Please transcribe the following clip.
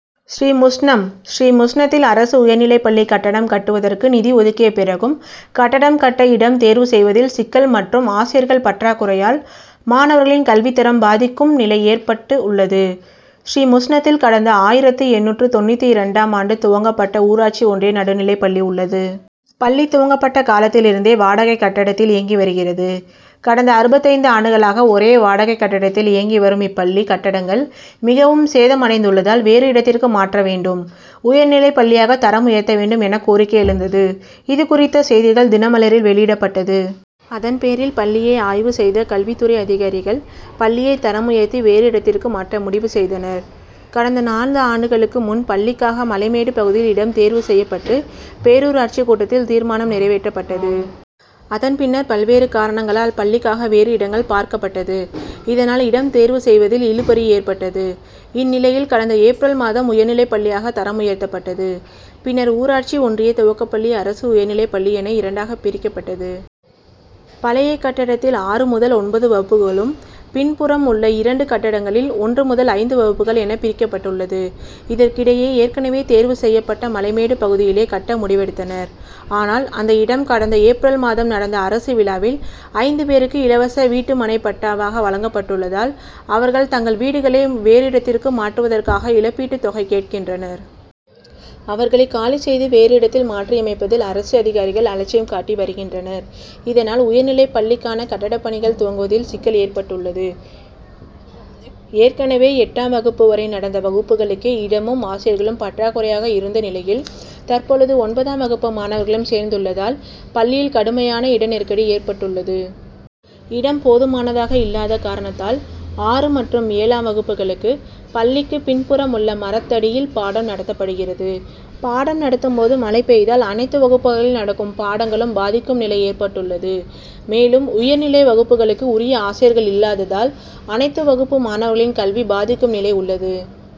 ஸ்ரீமுஷ்ணம் ஸ்ரீமுஷ்ணத்தில் அரசு உயர்நிலைப் பள்ளி கட்டடம் கட்டுவதற்கு நிதி ஒதுக்கிய பிறகும் கட்டடம் கட்ட இடம் தேர்வு செய்வதில் சிக்கல் மற் றும் ஆசிரியர்கள் பற்றாக் குறையால் மாணவர்களின் கல்வித்தரம் பாதிக் கும் நிலை ஏற்பட் டுள்ளது. ஸ்ரீமுஷ்ணத்தில் கடந்த ஆயிரத்து எண்ணூற்று தொண்ணூற்றிரண்டாம் ஆண்டு துவங்கப் பட்ட ஊராட்சி ஒன்றிய நடுநிலைப்பள்ளி உள்ளது. பள்ளி துவங்கப்பட்ட காலத்திலிருந்தே வாடகை கட்டடத்தில் இயங்கி வருகிறது. கடந்த அறுபத்தைந்து ஆண்டுகளாக ஒரே வாடகை கட்டடத்தில் இயங்கி வரும் இப்பள்ளி கட்டடங்கள் மிகவும் சேதமடைந்துள்ளதால் வேறு இடத்திற்கு மாற்ற வேண்டும். உயர்நிலைப் பள்ளியாக தரம் உயர்த்த வேண்டும் என கோரிக்கை எழுந்தது. இது குறித்த செய்திகள் தினமலரில் வெளியிடப்பட்டது. அதன் பேரில் பள்ளியை ஆய்வு செய்த கல்வித் துறை அதிகாரிகள், பள் ளியை தரம் உயர்த்தி வேறு இடத்திற்கு மாற்ற முடிவு செய்தனர். கடந்த நான்கு ஆண்டுகளுக்கு முன் பள் ளிக்காக மலைமேடு பகுதியில் இடம் தேர்வு செய்யப் பட்டு பேரூராட்சி கூட்டத் தில் தீர்மானம் நிறைவேற் றப்பட்டது. அதன் பின்னர் பல்வேறு காரணங் களால் பள்ளிக்காக வேறு இடங் கள் பார்க்கப்பட் டது. இதனால் இடம் தேர்வு செய்வதில் இழுபறி ஏற்பட்டது. இந்நிலையில் கடந்த ஏப்ரல் மாதம் உயர்நிலைப் பள்ளியாக தரம் உயர்த்தப் பட்டது. பின்னர் ஊராட்சி ஒன்றிய துவக்கப் பள்ளி, அரசு உயர்நிலைப் பள்ளி என இரண்டாக பிரிக்கப் பட்டது. பழைய கட்டடத்தில் ஆறு முதல் ஒன்பது வகுப்புகளும், பின்புறம் உள்ள இரண்டு கட்டடங்களில் ஒன்று முதல் ஐந்து வகுப்புகள் என பிரிக்கப்பட்டுள்ளது. இதற்கிடையே ஏற்கனவே தேர்வு செய்யப் பட்ட மலைமேடு பகுதியிலேயே கட்ட முடிவெடுத் தனர். ஆனால், அந்த இடம் கடந்த ஏப்ரல் மாதம் நடந்த அரசு விழாவில் ஐந்து பேருக்கு இலவச வீட்டு மனைப்பட் டா வாக வழங்கப்பட்டுள்ளதால் அவர்கள் தங்கள் வீடுகளை வேறு இடத் திற்கு மாற்றுவதற்கான இழப் பீட்டு தொகை கேட்கின்றனர். அவர்களை காலி செய்து வேறு இடத்தில் மாற்றியமைப்பதில் அரசு அதிகாரிகள் அலட்சியம் காட்டி வருகின்றனர். இதனால் உயர்நிலைப் பள்ளிக் கான கட்டடப் பணிகள் துவங்குவதில் சிக்கல் ஏற் பட்டுள்ளது. ஏற்கனவே எட்டாம் வகுப்பு வரை நடந்த வகுப்புகளுக்கே இடமும், ஆசிரியர்களும் பற்றாக்குறையாக இருந்த நிலையில் தற்போது ஒன்பதாம் வகுப்பு மாணவர்களும் சேர்ந்துள் ளதால் பள்ளியில் கடுமையான இட நெருக்கடி ஏற் பட்டுள்ளது. இடம் போதுமானதாக இல்லாத காரணத்தால் ஆறு மற்றும் ஏழாம் வகுப்புகளுக்கு பள்ளிக்கு பின்புறம் உள்ள மரத்தடியில் பாடம் நடத்தப்படுகிறது. பாடம் நடத்தும் போது மழை பெய்தால் அனைத்து வகுப்புகளில் நடக்கும் பாடங்களும் பாதிக்கும் நிலை ஏற்பட் டுள்ளது. மேலும் உயர் நிலை வகுப்புகளுக்கு உரிய ஆசிரியர்கள் இல்லாததால் அனைத்து வகுப்பு மாணவர்களின் கல்வி பாதிக்கும் நிலை உள்ளது.